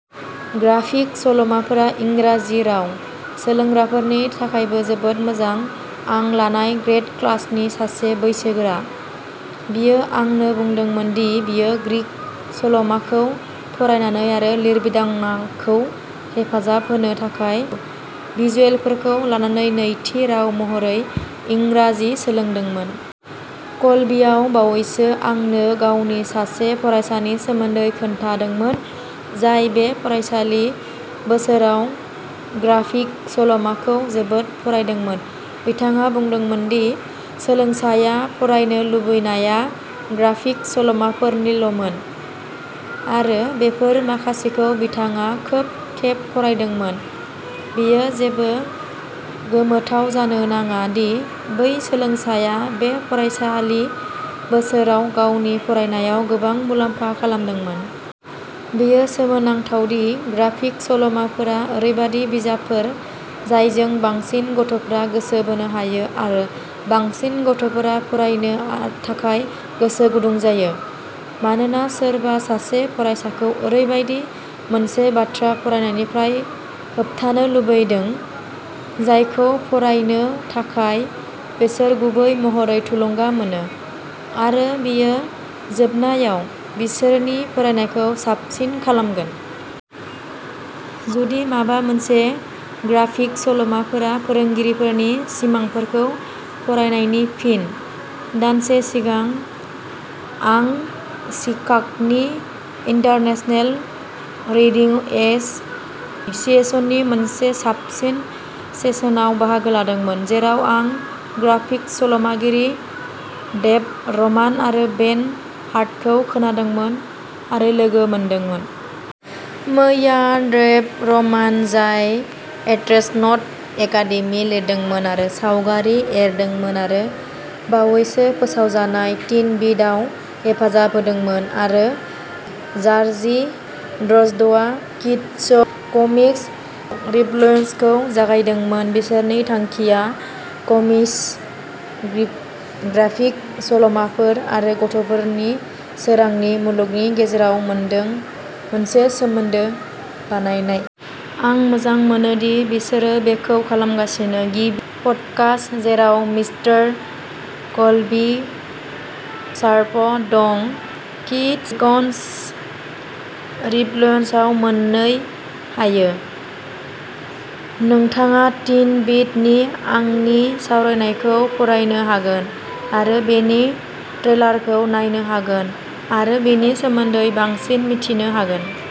Graphic सल'माफोरा इंराजि राव सोलोंग्राफोरनि थाखायबो जोबोद मोजां। आं लानाय ग्रेद क्लासनि सासे बैसोगोरा, बियो आंनो बुंदोंमोन दि बियो ग्राफिक सल'माफोरखौ फरायनानै आरो लिरबिदांखौ हेफाजाब होनो थाखाय भिजुएलफोरखौ लानानै नैथि राव महरै इंराजि सोलोंदोंमोन। कलबीआ बावैसो आंनो गावनि सासे फरायसानि सोमोन्दै खिन्थादोंमोन जाय बे फरायसालि बोसोराव ग्राफिक सल'माफोरखौ जोबोद फरायदोंमोन। बिथाङा बुंदोंमोन दि सोलोंसाया फरायनो लुबैनाया ग्राफिक सल'माफोरल'मोन आरो बेफोर माखासेखौ बिथाङा खोब खेब फरायदोंमोन। बेयो जेबो गोमोथाव जानो नाङा दि बै सोलोंसाया बे फरायसालि बोसोराव गावनि फरायनायाव गोबां मुलाम्फा खालामदोंमोन। बेयो सोमोनांथाव दि ग्राफिक सल'माफोरा ओरैबायदि बिजाबफोर जायजों बांसिन गथ'फोरा गोसो बोनो हायो आरो बांसिन गथ'फोरा फरायनो थाखाय गोसो गुदुं जायो। मानो सोरबा सासे फरायसाखौ ओरैबायदि मोनसे बाथ्रा फरायनायनिफ्राय होबथानो लुबैदों जायखौ फरायनो थाखाय बिसोर गुबै महरै थुलुंगा मोनो आरो बेयो जोबनायाव बिसोरनि फरायनायखौ साबसिन खालामगोन? जुदि माबा मोनसे, ग्राफिक सल'माफोरा फोरोंगिरिफोरनि सिमांफोरखौ फरायनायनि फिन। दानसे सिगां, आं शिकागनि इन्टारनेशनेल रिडिं एस'सिएशननि मोनसे साबसिन सेसनाव बाहागो लादोंमोन, जेराव आं ग्राफिक सल'मागिरि डेभ रमान आरो बेन हाटकेखौ खोनादोंमोन आरो लोगो मोनदोंमोन। मैया, डेभ रमान, जाय एस्ट्र'नट एकादेमि लिरदोंमोन आरो सावगारि एरदोंमोन आरो बावैसो फोसावजानाय टिन बोट! आव हेफाजाब होदोंमोन, आरो जार्जी ड्र'ज्डआ किड्स'कमिक्स रिभ'लिउसनखौ जागायदोंमोन। बिसोरनि थांखिया कमिक्स, ग्राफिक सल'माफोर आरो गथ'फोरनि सोरांनि मुलुगनि गेजेराव मोनसे सोमोन्दो बानायनाय। आं मोजां मोनो दि बिसोरो बेखौ खालामगासिनो! गिबि पडकास्ट, जेराव मिस्टार कल्बी शार्प दं, किड्स'कमिक्स रिभ'लिउसनआव मोन्नो हायो। नोंथाङा टिन बोट! नि आंनि बिसावरायनायखौ फरायनो हागोन! आरो बेनि ट्रेलारखौ नायनो हागोन आरो बेनि सोमोन्दै बांसिन मिथिनो हागोन।